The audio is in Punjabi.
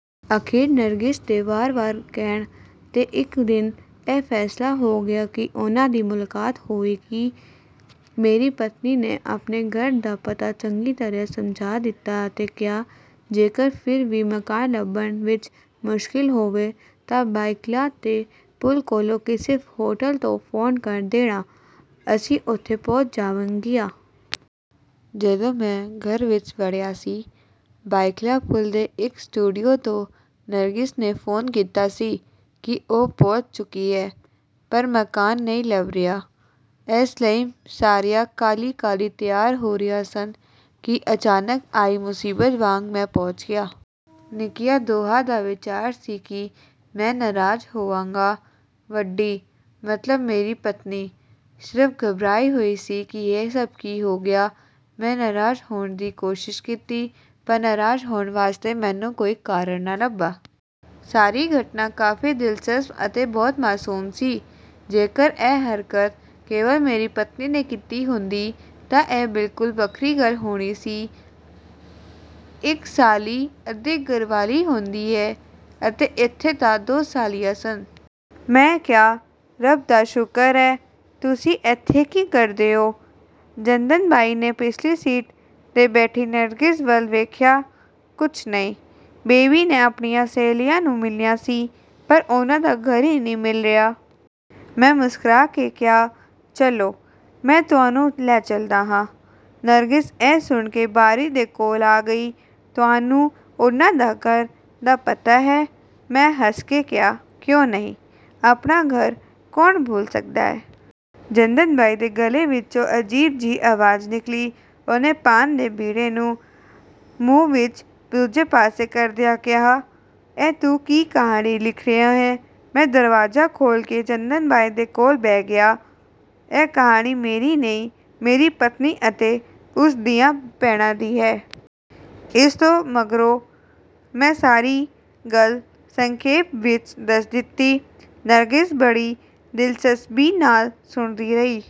ਅਖੀਰ ਨਰਗਿਸ ਦੇ ਵਾਰ ਵਾਰ ਕਹਿਣ 'ਤੇ ਇੱਕ ਦਿਨ ਇਹ ਫ਼ੈਸਲਾ ਹੋ ਗਿਆ ਕਿ ਉਨ੍ਹਾਂ ਦੀ ਮੁਲਾਕਾਤ ਹੋਵੇਗੀ। ਮੇਰੀ ਪਤਨੀ ਨੇ ਆਪਣੇ ਘਰ ਦਾ ਪਤਾ ਚੰਗੀ ਤਰ੍ਹਾਂ ਸਮਝਾ ਦਿੱਤਾ ਅਤੇ ਕਿਹਾ, ਜੇਕਰ ਫਿਰ ਵੀ ਮਕਾਨ ਲੱਭਣ ਵਿੱਚ ਮੁਸ਼ਕਲ ਹੋਵੇ ਤਾਂ ਬਾਈਖਲਾ ਦੇ ਪੁਲ ਕੋਲੋਂ ਕਿਸੇ ਹੋਟਲ ਤੋਂ ਫੋਨ ਕਰ ਦੇਣਾ, ਅਸੀਂ ਉੱਥੇ ਪਹੁੰਚ ਜਾਵਾਂਗੀਆਂ। ਜਦੋਂ ਮੈਂ ਘਰ ਵਿੱਚ ਵੜਿਆ ਸੀ, ਬਾਈਖਲਾ ਪੁਲ ਦੇ ਇੱਕ ਸਟੂਡੀਓ ਤੋਂ ਨਰਗਿਸ ਨੇ ਫੋਨ ਕੀਤਾ ਸੀ ਕਿ ਉਹ ਪਹੁੰਚ ਚੁੱਕੀ ਏ, ਪਰ ਮਕਾਨ ਨਹੀਂ ਲੱਭ ਰਿਹਾ। ਇਸ ਲਈ ਸਾਰੀਆਂ ਕਾਹਲੀ ਕਾਹਲੀ ਤਿਆਰ ਹੋ ਰਹੀਆਂ ਸਨ ਕਿ ਅਚਾਨਕ ਆਈ ਮੁਸੀਬਤ ਵਾਂਗ ਮੈਂ ਪਹੁੰਚ ਗਿਆ। ਨਿੱਕੀਆਂ ਦੋਹਾਂ ਦਾ ਵਿਚਾਰ ਸੀ ਕਿ ਮੈਂ ਨਾਰਾਜ਼ ਹੋਵਾਂਗਾ। ਵੱਡੀ, ਮਤਲਬ ਮੇਰੀ ਪਤਨੀ, ਸਿਰਫ਼ ਘਬਰਾਈ ਹੋਈ ਸੀ ਕਿ ਇਹ ਸਭ ਕੀ ਹੋ ਗਿਆ। ਮੈਂ ਨਾਰਾਜ਼ ਹੋਣ ਦੀ ਕੋਸ਼ਿਸ਼ ਕੀਤੀ, ਪਰ ਨਾਰਾਜ਼ ਹੋਣ ਵਾਸਤੇ ਮੈਨੂੰ ਕੋਈ ਕਾਰਨ ਨਾ ਲੱਭਾ। ਸਾਰੀ ਘਟਨਾ ਕਾਫ਼ੀ ਦਿਲਚਸਪ ਅਤੇ ਬਹੁਤ ਮਾਸੂਮ ਸੀ। ਜੇਕਰ ਇਹ ਹਰਕਤ ਕੇਵਲ ਮੇਰੀ ਪਤਨੀ ਨੇ ਕੀਤੀ ਹੁੰਦੀ ਤਾਂ ਇਹ ਬਿਲਕੁਲ ਵੱਖਰੀ ਗੱਲ ਹੋਣੀ ਸੀ। ਇੱਕ ਸਾਲੀ ਅੱਧੀ ਘਰ ਵਾਲੀ ਹੁੰਦੀ ਏ ਅਤੇ ਇੱਥੇ ਤਾਂ ਦੋ ਸਾਲੀਆਂ ਸਨ। ਮੈਂ ਕਿਹਾ, ਰੱਬ ਦਾ ਸ਼ੁਕਰ ਏ। ਤੁਸੀਂ ਏਥੇ ਕੀ ਕਰਦੇ ਹੋ? ਜੱਦਨ ਬਾਈ ਨੇ ਪਿਛਲੀ ਸੀਟ 'ਤੇ ਬੈਠੀ ਨਰਗਿਸ ਵੱਲ ਵੇਖਿਆ, ਕੁਝ ਨਹੀਂ। ਬੇਬੀ ਨੇ ਆਪਣੀਆਂ ਸਹੇਲੀਆਂ ਨੂੰ ਮਿਲਣਾ ਸੀ, ਪਰ ਉਨ੍ਹਾਂ ਦਾ ਘਰ ਹੀ ਨਹੀਂ ਮਿਲ ਰਿਹਾ। ਮੈਂ ਮੁਸਕਰਾ ਕੇ ਕਿਹਾ, ਚਲੋ, ਮੈਂ ਤੁਹਾਨੂੰ ਲੈ ਚਲਦਾ ਹਾਂ। ਨਰਗਿਸ ਇਹ ਸੁਣ ਕੇ ਬਾਰੀ ਦੇ ਕੋਲ ਆ ਗਈ, ਤੁਹਾਨੂੰ ਉਨ੍ਹਾਂ ਦੇ ਘਰ ਦਾ ਪਤਾ ਏ? ਮੈਂ ਹੱਸ ਕੇ ਕਿਹਾ, ਕਿਉਂ ਨਹੀਂ, ਆਪਣਾ ਘਰ ਕੌਣ ਭੁੱਲ ਸਕਦਾ ਏ? ਜੱਦਨ ਬਾਈ ਦੇ ਗਲੇ ਵਿੱਚੋਂ ਅਜੀਬ ਜਿਹੀ ਆਵਾਜ਼ ਨਿਕਲੀ। ਉਹਨੇ ਪਾਨ ਦੇ ਬੀੜੇ ਨੂੰ ਮੂੰਹ ਵਿੱਚ ਦੂਜੇ ਪਾਸੇ ਕਰਦਿਆਂ ਕਿਹਾ, ਇਹ ਤੂੰ ਕੀ ਕਹਾਣੀ ਲਿਖ ਰਿਹਾ ਏਂ? ਮੈਂ ਦਰਵਾਜ਼ਾ ਖੋਲ੍ਹ ਕੇ ਜੱਦਨ ਬਾਈ ਦੇ ਕੋਲ ਬਹਿ ਗਿਆ, ਇਹ ਕਹਾਣੀ ਮੇਰੀ ਨਹੀਂ, ਮੇਰੀ ਪਤਨੀ ਅਤੇ ਉਸ ਦੀਆਂ ਭੈਣਾਂ ਦੀ ਏ। ਇਸ ਤੋਂ ਮਗਰੋਂ ਮੈਂ ਸਾਰੀ ਗੱਲ ਸੰਖੇਪ ਵਿੱਚ ਦੱਸ ਦਿੱਤੀ। ਨਰਗਿਸ ਬੜੀ ਦਿਲਚਸਪੀ ਨਾਲ ਸੁਣਦੀ ਰਹੀ।